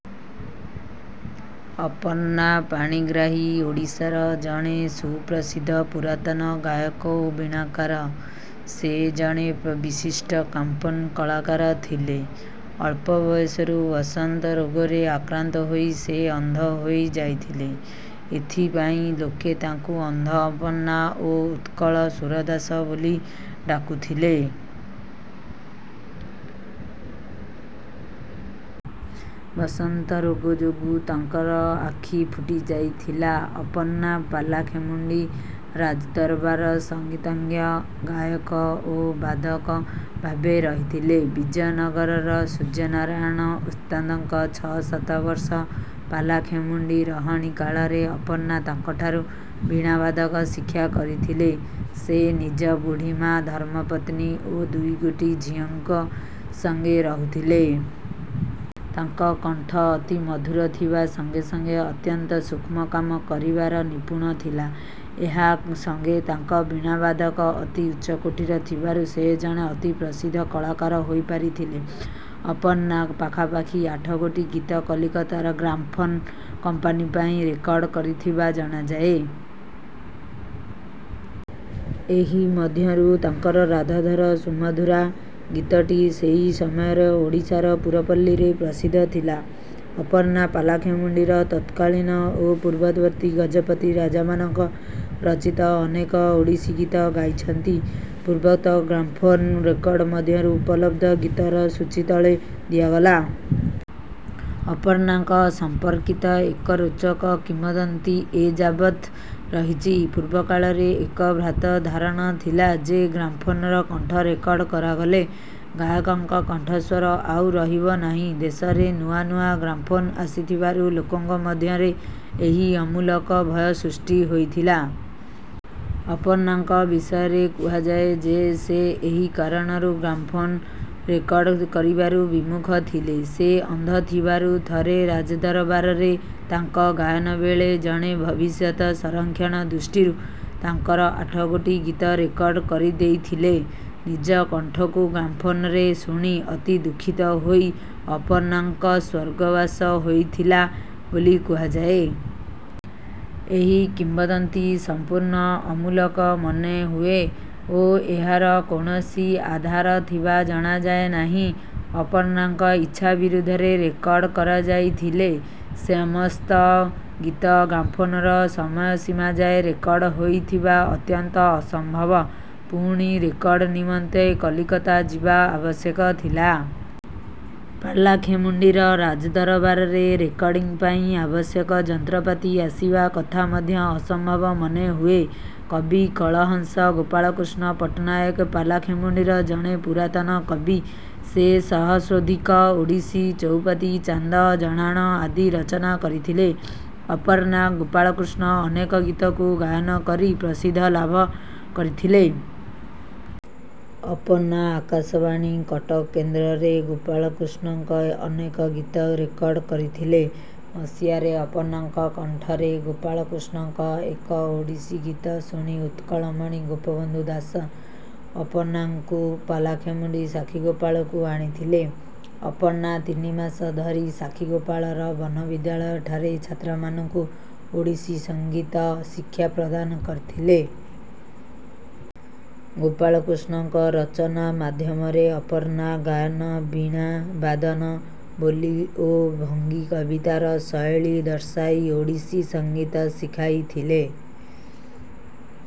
ଅପର୍ଣ୍ଣା ପାଣିଗ୍ରାହୀ ଓଡ଼ିଶାର ଜଣେ ସୁପ୍ରସିଦ୍ଧ ପୁରାତନ ଗାୟକ ଓ ବୀଣାକାର। ସେ ଜଣେ ବିଶିଷ୍ଟ ଗ୍ରାମ୍ଫୋନ କଳାକାର ଥିଲେ। ଅଳ୍ପ ବୟସରୁ ବସନ୍ତ ରୋଗରେ ଆକ୍ରାନ୍ତ ହୋଇ ସେ ଅନ୍ଧ ହୋଇଯାଇଥିଲେ। ଏଥିପାଇଁ ଲୋକେ ତାଙ୍କୁ 'ଅନ୍ଧ ଆପନ୍ନା' ଓ 'ଉତ୍କଳ ସୁରଦାସ' ବୋଲି ଡାକୁଥିଲେ। ବସନ୍ତ ରୋଗ ଯୋଗୁଁ ତାଙ୍କର ଆଖି ଫୁଟିଯାଇଥିଲା। ଅପର୍ଣ୍ଣା ପାଲାଖେମୁଣ୍ଡି ରାଜଦରବାର ସଙ୍ଗୀତଜ୍ଞ, ଗାୟକ ଓ ବାଦକ ଭାବେ ରହିଥିଲେ। ବିଜୟନଗରର ସୂର୍ଯ୍ୟନାରାୟଣ ଓସ୍ତାଦଙ୍କ ଛଅ ସାତ ବର୍ଷ ପାଲାଖେମୁଣ୍ଡି ରହଣି କାଳରେ ଅପର୍ଣ୍ଣା ତାଙ୍କଠାରୁ ବୀଣାବାଦନ ଶିକ୍ଷା କରିଥିଲେ। ସେ ନିଜ ବୁଢ଼ୀମା, ଧର୍ମପତ୍ନୀ ଓ ଦୁଇଗୋଟି ଝିଅଙ୍କ ସଙ୍ଗେ ରହୁଥିଲେ। ତାଙ୍କ କଣ୍ଠ ଅତି ମଧୁର ଥିବା ସଙ୍ଗେ ସଙ୍ଗେ ଅତ୍ୟନ୍ତ ସୂକ୍ଷ୍ମ କାମ କରିବାର ନିପୁଣ ଥିଲା। ଏହା ସଙ୍ଗେ ତାଙ୍କ ବୀଣାବାଦକ ଅତି ଉଚ୍ଚକୋଟିର ଥିବାରୁ ସେ ଜଣେ ଅତିପ୍ରସିଦ୍ଧ କଳାକାର ହୋଇପାରିଥିଲେ। ଅପର୍ଣ୍ଣା ପାଖାପାଖି ଆଠଗୋଟି ଗୀତ କଲିକତାର ଗ୍ରାମ୍ଫୋନ କମ୍ପାନୀ ପାଇଁ ରେକର୍ଡ଼ କରିଥିବା ଜଣାଯାଏ। ଏହି ମଧ୍ୟରୁ ତାଙ୍କର 'ରାଧାଧର ସୁମଧୁରା' ଗୀତଟି ସେହି ସମୟର ଓଡ଼ିଶାର ପୁରପଲ୍ଲୀରେ ପ୍ରସିଦ୍ଧ ଥିଲା। ଅପର୍ଣ୍ଣା ପାଲାଖେମୁଣ୍ଡିର ତତ୍କାଳୀନ ଓ ପୂର୍ବବର୍ତ୍ତୀ ଗଜପତି ରାଜାମାନଙ୍କ ରଚିତ ଅନେକ ଓଡ଼ିଶୀ ଗୀତ ଗାଇଛନ୍ତି। ପୂର୍ବୋକ୍ତ ଗ୍ରାମ୍ଫୋନ ରେକର୍ଡ଼ ମଧ୍ୟରୁ ଉପଲବ୍ଧ ଗୀତର ସୂଚୀ ତଳେ ଦିଆଗଲା। ଅପର୍ଣ୍ଣାଙ୍କ ସମ୍ପର୍କିତ ଏକ ରୋଚକ କିମ୍ବଦନ୍ତୀ ଏଯାବତ୍ ରହିଚି। ପୂର୍ବକାଳରେ ଏକ ଭ୍ରାନ୍ତ ଧାରଣା ଥିଲା ଯେ ଗ୍ରାମ୍ଫୋନର କଣ୍ଠ ରେକର୍ଡ଼ କରାଗଲେ ଗାୟକଙ୍କ କଣ୍ଠସ୍ୱର ଆଉ ରହିବ ନାହିଁ। ଦେଶରେ ନୂଆ ନୂଆ ଗ୍ରାମ୍ଫୋନ ଆସିଥିବାରୁ ଲୋକଙ୍କ ମଧ୍ୟରେ ଏହି ଅମୂଳକ ଭୟ ସୃଷ୍ଟି ହୋଇଥିଲା। ଅପର୍ଣ୍ଣାଙ୍କ ବିଷୟରେ କୁହାଯାଏ ଯେ ସେ ଏହି କାରଣରୁ ଗ୍ରାମ୍ଫୋନ ରେକର୍ଡ଼ କରିବାରୁ ବିମୁଖ ଥିଲେ। ସେ ଅନ୍ଧ ଥିବାରୁ ଥରେ ରାଜଦରବାରରେ ତାଙ୍କ ଗାୟନ ବେଳେ ଜଣେ ଭବିଷ୍ୟତ ସଂରକ୍ଷଣ ଦୃଷ୍ଟିରୁ ତାଙ୍କର ଆଠଗୋଟି ଗୀତ ରେକର୍ଡ଼ କରିଦେଇଥିଲେ। ନିଜ କଣ୍ଠକୁ ଗ୍ରାମ୍ଫୋନରେ ଶୁଣି ଅତିଦୁଃଖିତ ହୋଇ ଅପର୍ଣ୍ଣାଙ୍କ ସ୍ୱର୍ଗବାସ ହୋଇଥିଲା ବୋଲି କୁହାଯାଏ। ଏହି କିମ୍ବଦନ୍ତୀ ସମ୍ପୂର୍ଣ୍ଣ ଅମୂଳକ ମନେ ହୁଏ ଓ ଏହାର କୌଣସି ଆଧାର ଥିବା ଜଣାଯାଏ ନାହିଁ। ଅପର୍ଣ୍ଣାଙ୍କ ଇଚ୍ଛା ବିରୁଦ୍ଧରେ ରେକର୍ଡ଼ କରାଯାଇଥିଲେ ସେମସ୍ତ ଗୀତ ଗ୍ରାମ୍ଫୋନର ସମୟ ସୀମା ଯାଏଁ ରେକର୍ଡ଼ ହୋଇଥିବା ଅତ୍ୟନ୍ତ ଅସମ୍ଭବ। ପୁଣି ରେକର୍ଡ଼ ନିମନ୍ତେ କଲିକତା ଯିବା ଆବଶ୍ୟକ ଥିଲା। ପାଲାଖେମୁଣ୍ଡିର ରାଜଦରବାରରେ ରେକର୍ଡ଼ିଂ ପାଇଁ ଆବଶ୍ୟକ ଯନ୍ତ୍ରପାତି ଆସିବା କଥା ମଧ୍ୟ ଅସମ୍ଭବ ମନେ ହୁଏ। କବିକଳହଂସ ଗୋପାଳକୃଷ୍ଣ ପଟ୍ଟନାୟକ ପାଲାଖେମୁଣ୍ଡିର ଜଣେ ପୁରାତନ କବି। ସେ ସହସ୍ରାଧିକ ଓଡ଼ିଶୀ ଚଉପଦୀ, ଛାନ୍ଦ, ଜଣାଣ ଆଦି ରଚନା କରିଥିଲେ। ଅପର୍ଣ୍ଣା ଗୋପାଳକୃଷ୍ଣ ଅନେକ ଗୀତକୁ ଗାୟନ କରି ପ୍ରସିଦ୍ଧି ଲାଭ କରିଥିଲେ। ଅପର୍ଣ୍ଣା ଆକାଶବାଣୀ କଟକ କେନ୍ଦ୍ରରେ ଗୋପାଳକୃଷ୍ଣଙ୍କ ଅନେକ ଗୀତ ରେକର୍ଡ଼ କରିଥିଲେ। ମସିହାରେ ଅପର୍ଣ୍ଣାଙ୍କ କଣ୍ଠରେ ଗୋପାଳକୃଷ୍ଣଙ୍କ ଏକ ଓଡ଼ିଶୀ ଗୀତ ଶୁଣି ଉତ୍କଳମଣି ଗୋପବନ୍ଧୁ ଦାସ ଅପର୍ଣ୍ଣାଙ୍କୁ ପାଲାଖେମୁଣ୍ଡିରୁ ସାକ୍ଷୀଗୋପାଳକୁ ଆଣିଥିଲେ। ଅପର୍ଣ୍ଣା ତିନି ମାସ ଧରି ସାକ୍ଷୀଗୋପାଳର ବନବିଦ୍ୟାଳୟଠାରେ ଛାତ୍ରମାନଙ୍କୁ ଓଡ଼ିଶୀ ସଙ୍ଗୀତ ଶିକ୍ଷା ପ୍ରଦାନ କରିଥିଲେ। ଗୋପାଳକୃଷ୍ଣଙ୍କ ରଚନା ମାଧ୍ୟମରେ ଅପର୍ଣ୍ଣା ଗାୟନ, ବୀଣା ବାଦନ, ବୋଲି ଓ ଭଙ୍ଗୀ କବିତାର ଶୈଳୀ ଦର୍ଶାଇ ଓଡ଼ିଶୀ ସଙ୍ଗୀତ ଶିଖାଇଥିଲେ।